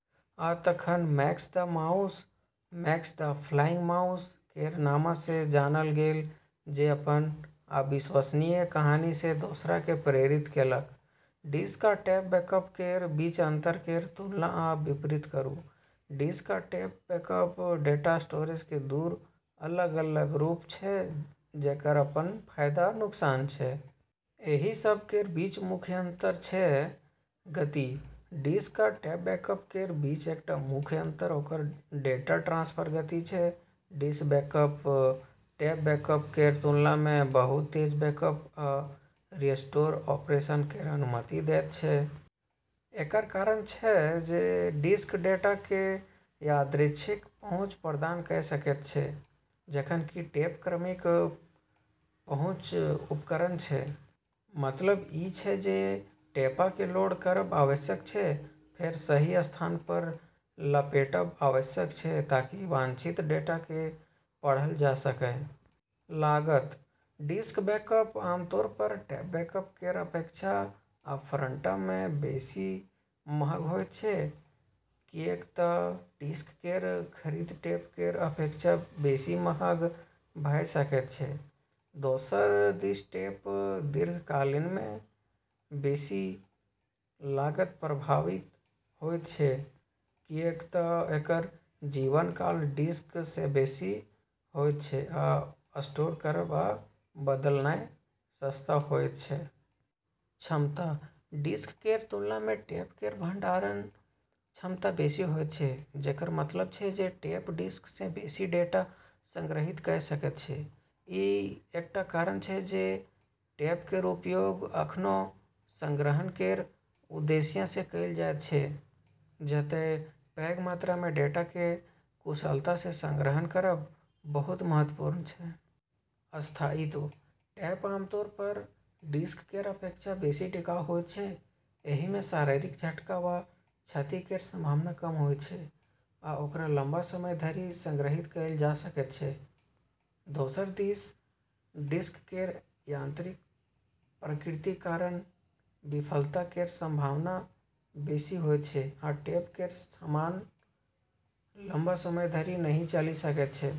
आ तखन, Max the mouse 'Max the flying mouse' केर नामसँ जानल गेल, जे अपन अविश्वसनीय कहानीसँ दोसरोकेँ प्रेरित केलक। डिस्क आ टेप बैकअप केर बीच अंतर केर तुलना आ विपरीत करू। डिस्क आ टेप बैकअप डेटा स्टोरेज केर दू अलग-अलग रूप छै जेकर अपन फायदा आ नुकसान छै। एहि सभ केर बीच मुख्य अंतर छै: गति: डिस्क आ टेप बैकअप केर बीच एकटा मुख्य अंतर ओकर डेटा ट्रांसफर गति छै। डिस्क बैकअप टेप बैकअप केर तुलनामे बहुत तेज बैकअप आ रिस्टोर ऑपरेशन केर अनुमति दैत छै। एकर कारण छै जे डिस्क डेटाकेँ यादृच्छिक पहुँच प्रदान कऽ सकैत छै, जखन कि टेप क्रमिक पहुँच उपकरण छै, मतलब ई छै जे टेपकेँ लोड करब आवश्यक छै, फेर सही स्थानपर लपेटब आवश्यक छै ताकि वांछित डेटाकेँ पढ़ल जा सकए। लागत: डिस्क बैकअप आमतौरपर टेप बैकअप केर अपेक्षा अपफ्रंटमे बेसी महग होइत छै, किऐक तऽ डिस्क केर खरीद टेप केर अपेक्षा बेसी महग भऽ सकैत छै। दोसर दिस टेप दीर्घकालमे बेसी लागत प्रभावी होइत छै, किऐक तऽ एकर जीवन काल डिस्क सँ बेसी होइत छै आ स्टोर करब आ बदलनाइ सस्ता होइत छै। क्षमता: डिस्क केर तुलनामे टेप केर भंडारण क्षमता बेसी होइत छै, जेकर मतलब छै जे टेप डिस्क सँ बेसी डेटा संग्रहीत कऽ सकैत छै। ई एकटा कारण छै जे टेप केर उपयोग अखनो संग्रहण केर उद्देश्यसँ कएल जाइत छै, जतए पैघ मात्रामे डेटाकेँ कुशलतासँ संग्रहण करब बहुत महत्वपूर्ण छै। स्थायित्व: टेप आमतौरपर डिस्क केर अपेक्षा बेसी टिकाऊ होइत छै। एहिमे शारीरिक झटका वा क्षति केर संभावना कम होइत छै, आ ओकरा लंबा समय धरि संग्रहित कएल जा सकैत छै। दोसर दिस डिस्क केर यांत्रिक प्रकृतिक कारण विफलता केर संभावना बेसी होइत छै, आ टेप केर समान लंबा समय धरि नहि चलि सकैत छै।